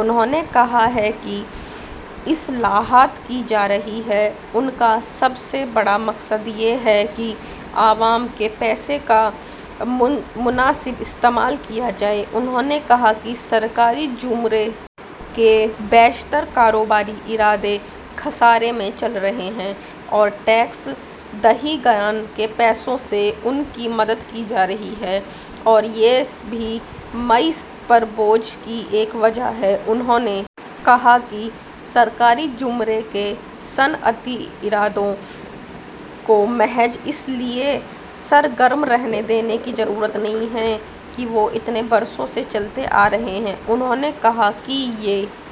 انہوں نے کہا کہ جو اصلاحات کی جا رہی ہیں ان کا سب سے بڑا مقصد یہ ہے کہ عوام کے پیسے کا مناسب استعمال کیا جائے انہوں نے کہا کہ سرکاری زمرے کے بیشتر کاروباری ادارے خسارے میں چل رہے ہیں اور ٹیکس دہندگان کے پیسوں سے ان کی مدد کی جا رہی ہے اور یہ بھی معیشت پر بوجھ کی ایک وجہ ہے انہوں نے کہا کہ سرکاری زمرے کے صنعتی اداروں کو محض اس لیے سرگرم رہنے دینے کی ضرورت نہیں ہے کہ وہ اتنے برسوں سے چلتے آ رہے ہیں انہوں نے کہا کہ یہ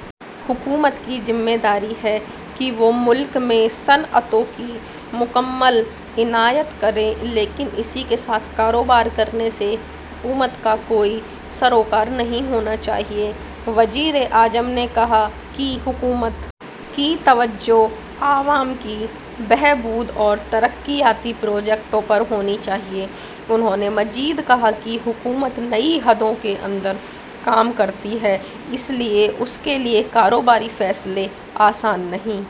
حکومت کی ذمہ داری ہے کہ وہ ملک میں صنعتوں کی مکمل اعانت کرے لیکن اسی کے ساتھ کاروبار کرنے سے حکومت کا کوئی سروکار نہیں ہونا چاہیے وزیراعظم نے کہا کہ حکومت کی توجہ عوام کی بہبود اور ترقیاتی پروجیکٹوں پر ہونی چاہیے انہوں نے مزید کہا کہ حکومت کئی حدوں کے اندر کام کرتی ہے اس لیے اس کے لیے کاروباری فیصلے آسان نہیں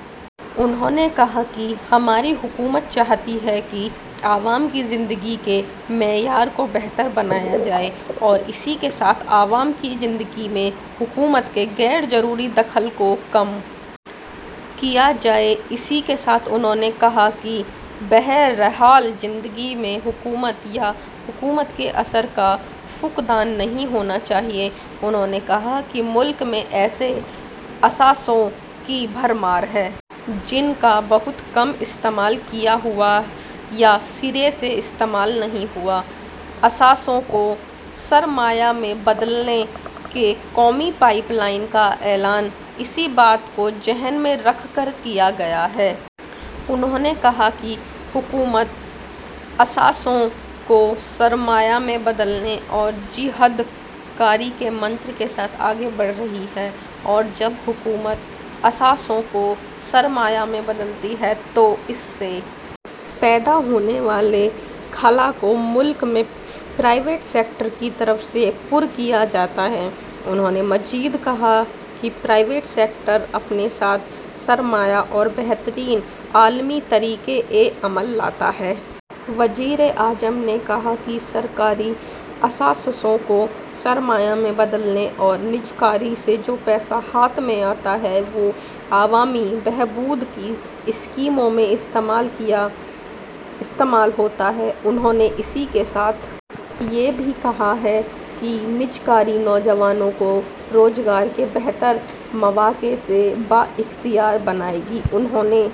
انہوں نے کہا کہ ہماری حکومت چاہتی ہے کہ عوام کی زندگی کے معیار کو بہتر بنایا جائے اور اسی کے ساتھ عوام کی زندگی میں حکومت کے غیر ضروری دخل کو کم کیا جائے اسی کے ساتھ انہوں نے کہا کہ بہرحال زندگی میں حکومت یا حکومت کے اثر کا فقدان نہیں ہونا چاہیے انہوں نے کہا کہ ملک میں ایسے اثاثوں کی بھرمار ہے جن کا بہت کم استعمال ہوا یا سرے سے استعمال نہیں ہوا اثاثوں کو سرمایہ میں بدلنے کے قومی پائپ لائن کا اعلان اسی بات کو ذہن میں رکھ کر کیا گیا ہے انہوں نے کہا کہ حکومت اثاثوں کو سرمایہ میں بدلنے اور جدت کاری کے منتر کے ساتھ آگے بڑھ رہی ہے اور جب حکومت اثاثوں کو سرمایہ میں بدلتی ہے تو اس سے پیدا ہونے والے خلا کو ملک میں پرائیویٹ سیکٹر کی طرف سے پر کیا جاتا ہے انہوں نے مزید کہا کہ پرائیویٹ سیکٹر اپنے ساتھ سرمایہ اور بہترین عالمی طریقہ عمل لاتا ہے وزیراعظم نے کہا کہ سرکاری اثاثوں کو سرمایہ میں بدلنے اور نجکاری سے جو پیسہ ہاتھ میں آتا ہے وہ عوامی بہبود کی اسکیموں میں استعمال ہوتا ہے انہوں نے اسی کے ساتھ یہ بھی کہا کہ نجکاری نوجوانوں کو روزگار کے بہتر مواقع سے بااختیار بنائے گی انہوں